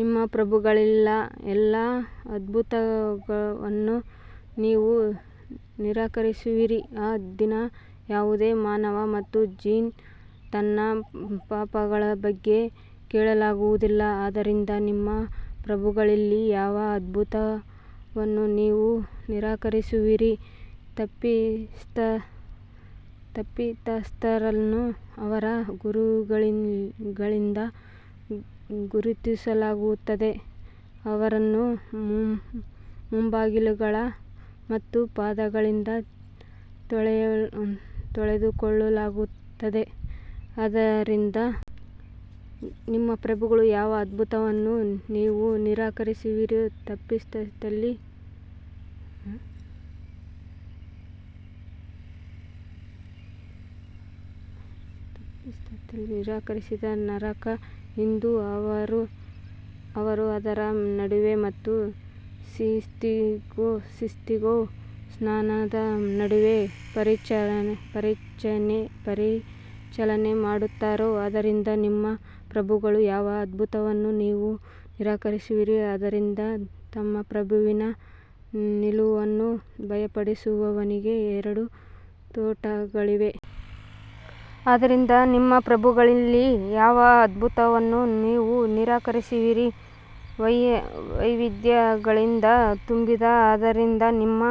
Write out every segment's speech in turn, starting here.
ನಿಮ್ಮ ಪ್ರಭುಗಳಲ್ಲಿ ಯಾವ ಅದ್ಭುತವನ್ನು ನೀವು ನಿರಾಕರಿಸುವಿರಿ ಆ ದಿನ ಯಾವುದೇ ಮಾನವ ಮತ್ತು ಜಿನ್ ತನ್ನ ಪಾಪಗಳ ಬಗ್ಗೆ ಕೇಳಲಾಗುವುದಿಲ್ಲ ಆದ್ದರಿಂದ ನಿಮ್ಮ ಪ್ರಭುಗಳಲ್ಲಿ ಯಾವ ಅದ್ಭುತವನ್ನು ನೀವು ನಿರಾಕರಿಸುವಿರಿ ತಪ್ಪಿತಸ್ಥರನ್ನು ಅವರ ಗುರುತುಗಳಿಂದ ಗುರುತಿಸಲಾಗುತ್ತದೆ, ಅವರನ್ನು ಮುಂಗಾಲುಗಳು ಮತ್ತು ಪಾದಗಳಿಂದ ತೆಗೆದುಕೊಳ್ಳಲಾಗುತ್ತದೆ ಆದ್ದರಿಂದ ನಿಮ್ಮ ಪ್ರಭುಗಳಲ್ಲಿ ಯಾವ ಅದ್ಭುತವನ್ನು ನೀವು ನಿರಾಕರಿಸುವಿರಿ ತಪ್ಪಿತಸ್ಥರು ನಿರಾಕರಿಸಿದ ನರಕ ಇದು ಅವರು ಅದರ ನಡುವೆ ಮತ್ತು ಸೀಥಿಂಗ್ ಸ್ನಾನದ ನಡುವೆ ಪರಿಚಲನೆ ಮಾಡುತ್ತಾರೆ ಆದ್ದರಿಂದ ನಿಮ್ಮ ಪ್ರಭುಗಳಲ್ಲಿ ಯಾವ ಅದ್ಭುತವನ್ನು ನೀವು ನಿರಾಕರಿಸುವಿರಿ ಆದರೆ ತನ್ನ ಪ್ರಭುವಿನ ನಿಲುವನ್ನು ಭಯಪಡುವವನಿಗೆ ಎರಡು ತೋಟಗಳಿವೆ ಆದ್ದರಿಂದ ನಿಮ್ಮ ಪ್ರಭುಗಳಲ್ಲಿ ಯಾವ ಅದ್ಭುತವನ್ನು ನೀವು ನಿರಾಕರಿಸುವಿರಿ ವೈವಿಧ್ಯಗಳಿಂದ ತುಂಬಿದೆ ಆದ್ದರಿಂದ ನಿಮ್ಮ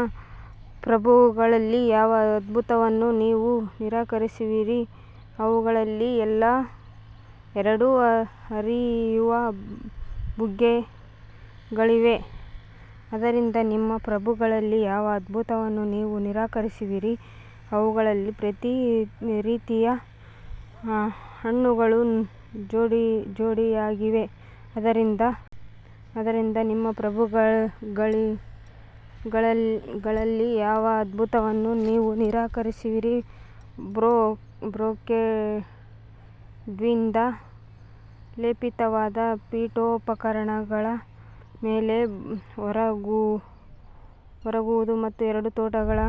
ಪ್ರಭುಗಳಲ್ಲಿ ಯಾವ ಅದ್ಭುತವನ್ನು ನೀವು ನಿರಾಕರಿಸುವಿರಿ ಅವುಗಳಲ್ಲಿ ಎರಡು ಹರಿಯುವ ಬುಗ್ಗೆಗಳಿವೆ ಆದ್ದರಿಂದ ನಿಮ್ಮ ಪ್ರಭುಗಳಲ್ಲಿ ಯಾವ ಅದ್ಭುತವನ್ನು ನೀವು ನಿರಾಕರಿಸುವಿರಿ ಅವುಗಳಲ್ಲಿ ಪ್ರತಿ ರೀತಿಯ ಹಣ್ಣುಗಳು ಜೋಡಿಯಾಗಿವೆ ಆದ್ದರಿಂದ ನಿಮ್ಮ ಪ್ರಭುಗಳಲ್ಲಿ ಯಾವ ಅದ್ಭುತವನ್ನು ನೀವು ನಿರಾಕರಿಸುವಿರಿ ಬ್ರೊಕೇಡ್ನಿಂದ ಲೇಪಿತವಾದ ಪೀಠೋಪಕರಣಗಳ ಮೇಲೆ ಒರಗುವುದು ಮತ್ತು ಎರಡು ತೋಟಗಳ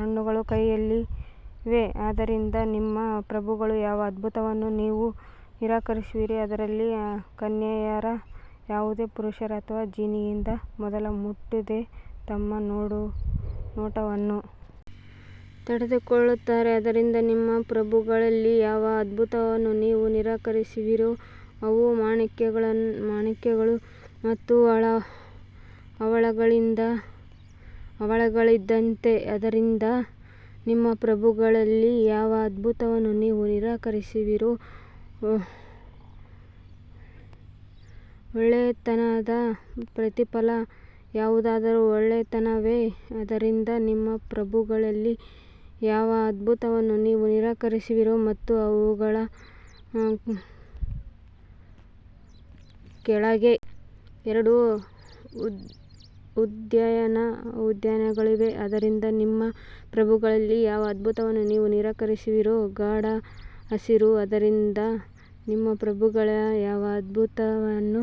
ಹಣ್ಣುಗಳು ಕೈಯಲ್ಲಿವೆ ಆದ್ದರಿಂದ ನಿಮ್ಮ ಪ್ರಭುಗಳಲ್ಲಿ ಯಾವ ಅದ್ಭುತವನ್ನು ನೀವು ನಿರಾಕರಿಸುವಿರಿ ಅವರಲ್ಲಿ ಕನ್ಯೆಯರು ಯಾವುದೇ ಪುರುಷ ಅಥವಾ ಜಿನ್ನಿಂದ ಮೊದಲು ಮುಟ್ಟದೆ ತಮ್ಮ ನೋಟವನ್ನು ತಡೆದುಕೊಳ್ಳುತ್ತಾರೆ ಆದ್ದರಿಂದ ನಿಮ್ಮ ಪ್ರಭುಗಳಲ್ಲಿ ಯಾವ ಅದ್ಭುತವನ್ನು ನೀವು ನಿರಾಕರಿಸುವಿರಿ ಅವು ಮಾಣಿಕ್ಯಗಳು ಮತ್ತು ಹವಳಗಳಿದ್ದಂತೆ ಆದ್ದರಿಂದ ನಿಮ್ಮ ಪ್ರಭುಗಳಲ್ಲಿ ಯಾವ ಅದ್ಭುತವನ್ನು ನೀವು ನಿರಾಕರಿಸುವಿರಿ ಒಳ್ಳೆಯತನದ ಪ್ರತಿಫಲ ಯಾವುದಾದರೂ ಒಳ್ಳೆಯತನವೇ ಆದ್ದರಿಂದ ನಿಮ್ಮ ಪ್ರಭುಗಳಲ್ಲಿ ಯಾವ ಅದ್ಭುತವನ್ನು ನೀವು ನಿರಾಕರಿಸುವಿರಿ ಮತ್ತು ಅವುಗಳ ಕೆಳಗೆ ಎರಡು ಉದ್ಯಾನಗಳಿವೆ ಆದ್ದರಿಂದ ನಿಮ್ಮ ಪ್ರಭುಗಳಲ್ಲಿ ಯಾವ ಅದ್ಭುತವನ್ನು ನೀವು ನಿರಾಕರಿಸುವಿರಿ ಗಾಢ ಹಸಿರು ಆದ್ದರಿಂದ ನಿಮ್ಮ ಪ್ರಭುಗಳಲ್ಲಿ ಯಾವ ಅದ್ಭುತವನ್ನು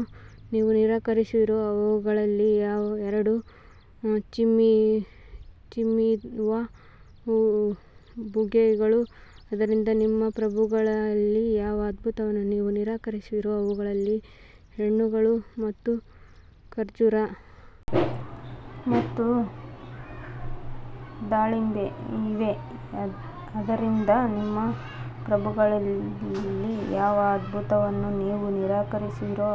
ನೀವು ನಿರಾಕರಿಸುವಿರಿ ಅವುಗಳಲ್ಲಿ ಎರಡು ಚಿಮ್ಮುವ ಬುಗ್ಗೆಗಳು ಆದ್ದರಿಂದ ನಿಮ್ಮ ಪ್ರಭುಗಳಲ್ಲಿ ಯಾವ ಅದ್ಭುತವನ್ನು ನೀವು ನಿರಾಕರಿಸುವಿರಿ ಅವುಗಳಲ್ಲಿ ಹಣ್ಣುಗಳು ಮತ್ತು ಖರ್ಜೂರ ಮತ್ತು ದಾಳಿಂಬೆ ಇವೆ ಆದ್ದರಿಂದ ನಿಮ್ಮ ಪ್ರಭುಗಳಲ್ಲಿ ಯಾವ ಅದ್ಭುತವನ್ನು ನೀವು ನಿರಾಕರಿಸುವಿರಿ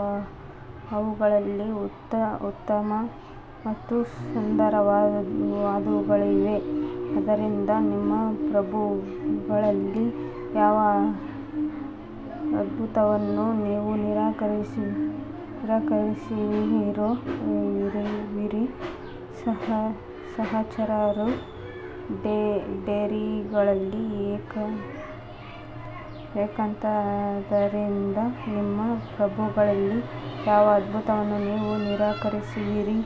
ಅವುಗಳಲ್ಲಿ ಉತ್ತಮ ಮತ್ತು ಸುಂದರವಾದವುಗಳಿವೆ ಆದ್ದರಿಂದ ನಿಮ್ಮ ಪ್ರಭುಗಳಲ್ಲಿ ಯಾವ ಅದ್ಭುತವನ್ನು ನೀವು ನಿರಾಕರಿಸುವಿರಿ ಸಹಚರರು ಡೇರೆಗಳಲ್ಲಿ ಏಕಾಂತ ಆದ್ದರಿಂದ ನಿಮ್ಮ ಪ್ರಭುಗಳಲ್ಲಿ ಯಾವ ಅದ್ಭುತವನ್ನು ನೀವು ನಿರಾಕರಿಸುವಿರಿ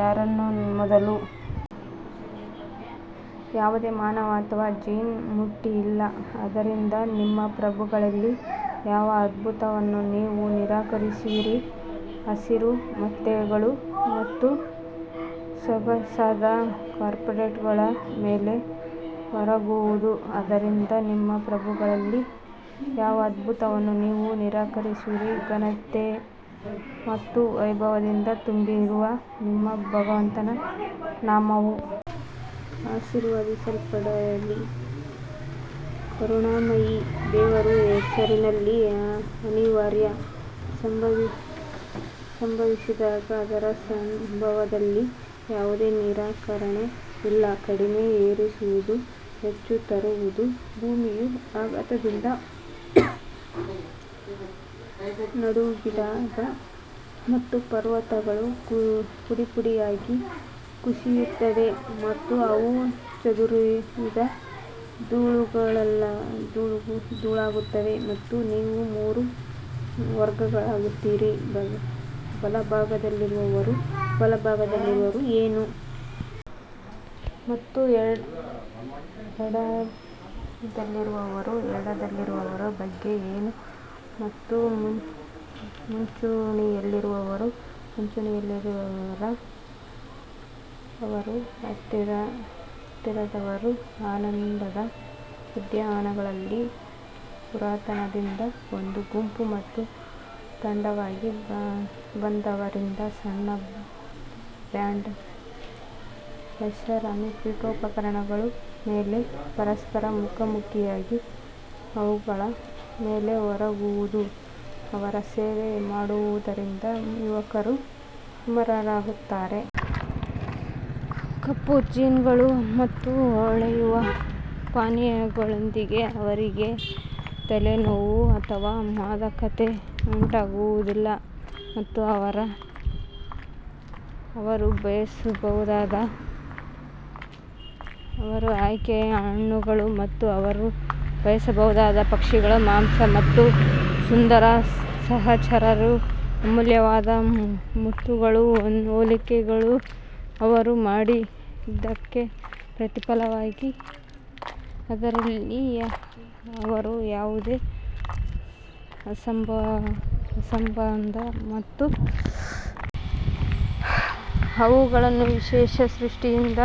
ಯಾರನ್ನು ಮೊದಲು ಯಾವುದೇ ಮಾನವ ಅಥವಾ ಜಿನ್ ಮುಟ್ಟಿಲ್ಲ ಆದ್ದರಿಂದ ನಿಮ್ಮ ಪ್ರಭುಗಳಲ್ಲಿ ಯಾವ ಅದ್ಭುತವನ್ನು ನೀವು ನಿರಾಕರಿಸುವಿರಿ ಹಸಿರು ಮೆತ್ತೆಗಳು ಮತ್ತು ಸೊಗಸಾದ ಕಾರ್ಪೆಟ್ಗಳ ಮೇಲೆ ಒರಗುವುದು ಆದ್ದರಿಂದ ನಿಮ್ಮ ಪ್ರಭುಗಳಲ್ಲಿ ಯಾವ ಅದ್ಭುತವನ್ನು ನೀವು ನಿರಾಕರಿಸುವಿರಿ ಘನತೆ ಮತ್ತು ವೈಭವದಿಂದ ತುಂಬಿರುವ ನಿಮ್ಮ ಭಗವಂತನ ನಾಮವು ಆಶೀರ್ವದಿಸಲ್ಪಡಲಿ ಕರುಣಾಮಯಿ ದೇವರ ಹೆಸರಿನಲ್ಲಿ ಅನಿವಾರ್ಯ ಸಂಭವಿಸಿದಾಗ ಅದರ ಸಂಭವದಲ್ಲಿ ಯಾವುದೇ ನಿರಾಕರಣೆ ಇಲ್ಲ ಕಡಿಮೆ ಏರಿಸುವುದು ಹೆಚ್ಚು ತರುವುದು ಭೂಮಿಯು ಆಘಾತದಿಂದ ನಡುಗಿದಾಗ ಮತ್ತು ಪರ್ವತಗಳು ಪುಡಿಪುಡಿಯಾಗಿ ಕುಸಿಯುತ್ತವೆ ಮತ್ತು ಅವು ಚದುರಿದ ಧೂಳಾಗುತ್ತವೆ ಮತ್ತು ನೀವು ಮೂರು ವರ್ಗಗಳಾಗುತ್ತೀರಿ ಬಲಭಾಗದಲ್ಲಿರುವವರು ಬಲಭಾಗದಲ್ಲಿರುವವರು ಏನು ಮತ್ತು ಎಡದಲ್ಲಿರುವವರು ಎಡದಲ್ಲಿರುವವರ ಬಗ್ಗೆ ಏನು ಮತ್ತು ಮುಂಚೂಣಿಯಲ್ಲಿರುವವರು ಮುಂಚೂಣಿಯಲ್ಲಿರುವವರು ಅವರು ಹತ್ತಿರದವರು ಆನಂದದ ಉದ್ಯಾನಗಳಲ್ಲಿ ಪುರಾತನರಿಂದ ಒಂದು ಗುಂಪು ಮತ್ತು ತಡವಾಗಿ ಬಂದವರಿಂದ ಸಣ್ಣ ಬ್ಯಾಂಡ್ ಐಷಾರಾಮಿ ಪೀಠೋಪಕರಣಗಳ ಮೇಲೆ ಪರಸ್ಪರ ಮುಖಾಮುಖಿಯಾಗಿ ಅವುಗಳ ಮೇಲೆ ಒರಗುವುದು ಅವರ ಸೇವೆ ಮಾಡುವುದರಿಂದ ಯುವಕರು ಅಮರರಾಗುತ್ತಾರೆ ಕಪ್ ಹೂಜಿಗಳು ಮತ್ತು ಹೊಳೆಯುವ ಪಾನೀಯಗಳೊಂದಿಗೆ ಅವರಿಗೆ ತಲೆನೋವು ಅಥವಾ ಮಾದಕತೆ ಉಂಟಾಗುವುದಿಲ್ಲ ಮತ್ತು ಅವರ ಆಯ್ಕೆಯ ಹಣ್ಣುಗಳು ಮತ್ತು ಅವರು ಬಯಸಬಹುದಾದ ಪಕ್ಷಿಗಳ ಮಾಂಸ ಮತ್ತು ಸುಂದರ ಸಹಚರರು ಅಮೂಲ್ಯವಾದ ಮುತ್ತುಗಳ ಹೋಲಿಕೆಗಳು ಅವರು ಮಾಡಿದ್ದಕ್ಕೆ ಪ್ರತಿಫಲವಾಗಿ ಅದರಲ್ಲಿ ಅವರು ಯಾವುದೇ ಅಸಂಬದ್ಧ ಮತ್ತು ಅವುಗಳನ್ನು ವಿಶೇಷ ಸೃಷ್ಟಿಯಿಂದ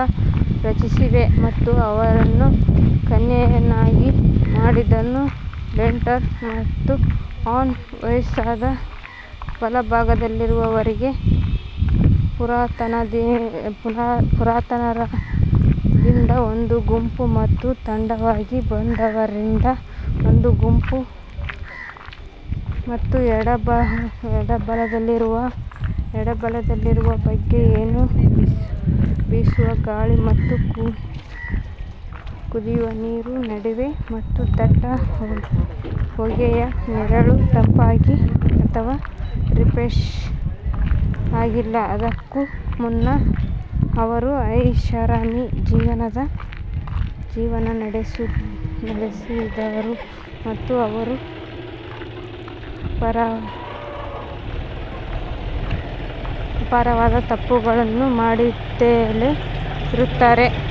ರಚಿಸಿದ್ದೇವೆ ಮತ್ತು ಅವರನ್ನು ಕನ್ಯೆಯನ್ನಾಗಿ ಮಾಡಿದನು ಟೆಂಡರ್ ಮತ್ತು ಅನ್ ವಯಸ್ಸಾದ ಬಲಭಾಗದಲ್ಲಿರುವವರಿಗೆ ಪುರಾತನರಿಂದ ಒಂದು ಗುಂಪು ಮತ್ತು ತಡವಾಗಿ ಬಂದವರಿಂದ ಒಂದು ಗುಂಪು ಮತ್ತು ಎಡದಲ್ಲಿರುವವರು ಎಡದಲ್ಲಿರುವವರ ಬಗ್ಗೆ ಏನು ಬೀಸುವ ಗಾಳಿ ಮತ್ತು ಕುದಿಯುವ ನೀರಿನ ನಡುವೆ ಮತ್ತು ದಟ್ಟ ಹೊಗೆಯ ನೆರಳು ತಂಪಾಗಿಲ್ಲ ಅಥವಾ ರಿಫ್ರೆಶ್ ಆಗಿಲ್ಲ ಅದಕ್ಕೂ ಮುನ್ನ ಅವರು ಐಷಾರಾಮಿ ಜೀವನ ನಡೆಸುತ್ತಿದ್ದರು ಮತ್ತು ಅವರು ಅಪಾರವಾದ ತಪ್ಪುಗಳನ್ನು ಮಾಡುತ್ತಲೇ ಇರುತ್ತಿದ್ದರು.